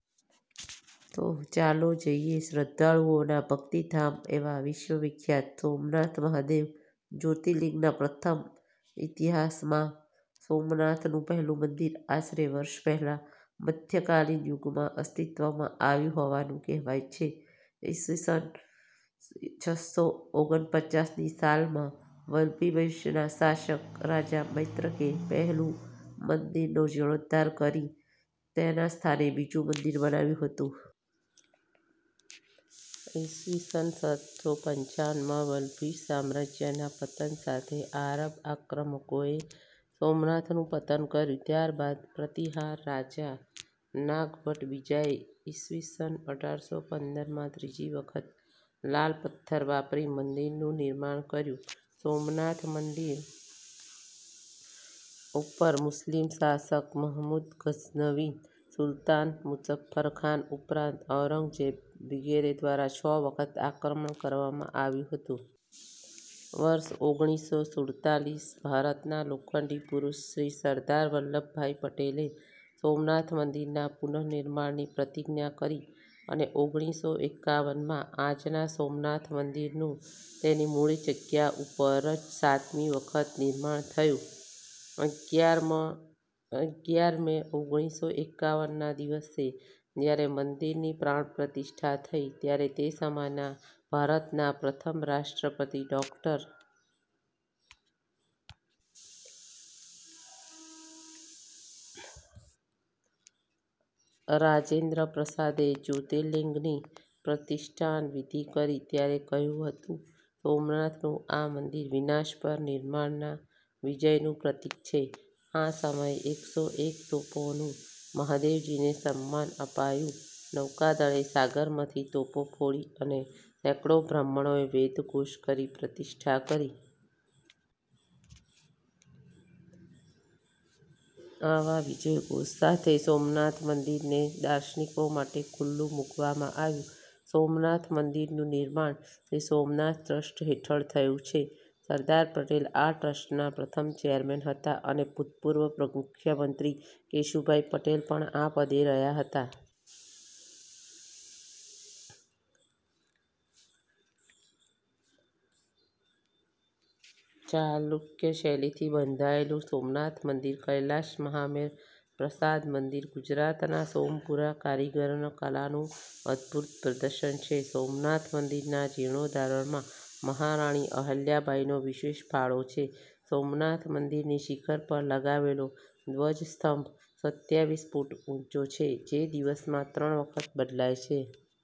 તો ચાલો જઈએ શ્રદ્ધાળુઓના ભક્તિ ધામ એવા વિશ્વવિખ્યાત સોમનાથ મહાદેવ જ્યોર્તિલિંગના ઈતિહાસમાં.. સોમનાથનું પહેલું મંદિર આશરે વર્ષ પહેલાં મધ્ય કાલીન યુગમાં અસ્તિત્વમાં આવ્યું હોવાનું કહેવાય છે. ઈસ વીસન છસો ઓગનપચાસ ની સાલમાં વલ્લભીવંશના શાસક રાજા મૈત્રકે પહેલા મંદિરનો જીર્ણોદ્ધાર કરી તેના સ્થાને બીજુ મંદિર બનાવ્યું હતું. ઈસ વીસન સાતસો પંચાવન માં વલ્લભી સામ્રાજ્યના પતન સાથે આરબ આક્રમકોએ સોમનાથનું પતન કર્યું. ત્યારબાદ પ્રતિહાર રાજા નાગ ભટ્ટ બીજાએ ઈસ વીસન આઠસોપંદર માં ત્રીજી વખત લાલ પથ્થર વાપરી મંદિરનું નિર્માણ કર્યું. સોમનાથ મંદિર ઉપર મુસ્લીમ શાશક મહેમુદ ગઝનવી, સુલતાન મુઝ્ઝફરખાન ઉપરાંત ઔરંગઝેબ વિગેરે દ્વારા છ વખત આક્રમણ કરવામાં આવ્યું હતું. વર્ષ ઓગણીસો સુલ્તાલીસ ભારતના લોખંડી પુરુષ શ્રી સરદાર વલ્લભભાઈ પટેલે સોમનાથ મંદિરના પુનઃનિર્માણની પ્રતિજ્ઞા કરી અને ઓગણીસો એકાવનમાં આજના સોમનાથ મંદિરનું તેની મૂળ જગ્યા ઉપર જ સાતમી વખત નિર્માણ થયું. અગિયાર મે ઓગણીસો એકાવન ના દિવસે જયારે મંદિરની પ્રાણ પ્રતિષ્ઠા થઈ ત્યારે તે સમયના ભારતના પ્રથમ રાષ્ટ્રપતિ ડૉ. રાજેન્દ્ર પ્રસાદે જ્યોર્તિલિંગની પ્રતિષ્ઠાન વિધિ કરી ત્યારે કહ્યું હતું- "સોમનાથનું આ મંદિર વિનાશ પર નિર્માણના વિજયનું પ્રતિક છે. એ સમયે એક સો એક તોપોનું મહાદેવજીને સન્માન અપાયું. નૌકાદળે સાગરમાંથી તોપો ફોડી અને સેંકડો બ્રાહ્મણોએ વેદઘોષ કરીને પ્રતિષ્ઠા કરી. આવા વિજયઘોષ સાથે સોમનાથ મંદિરને દાર્શનિકો માટે ખુલ્લું મુકવામાં આવ્યું. સોમનાથ મંદિરનું નિર્માણ શ્રી સોમનાથ ટ્રસ્ટ હેઠળ થયું છે. શ્રી સરદાર પટેલ આ ટ્રસ્ટનાં પ્રથમ ચેરમેન હતાં અને ભુતપૂર્વ મુખ્યમંત્રી કેશુભાઈ પટેલ પણ આ પદે રહ્યા હતા. ચાલુક્ય શૈલીથી બંધાયેલું સોમનાથ મંદિર "કૈલાશ મહામેરુ પ્રાસાદ મંદિર: ગુજરાતના સોમપુરા કારીગરોની કલાનું અદ્ભુત પ્રદર્શન છે. સોમનાથ મંદિરના જીર્ણોદ્વારમાં મહારાણી અહલ્યાબાઈનો વિશેષ ફાળો છે. સોમનાથ મંદિરની શિખર પર લગાવેલો ધ્વજસ્તંભ સત્યાવીસ ફીટ ઉંચો છે, જે દિવસમાં ત્રણ વખત બદલાય છે.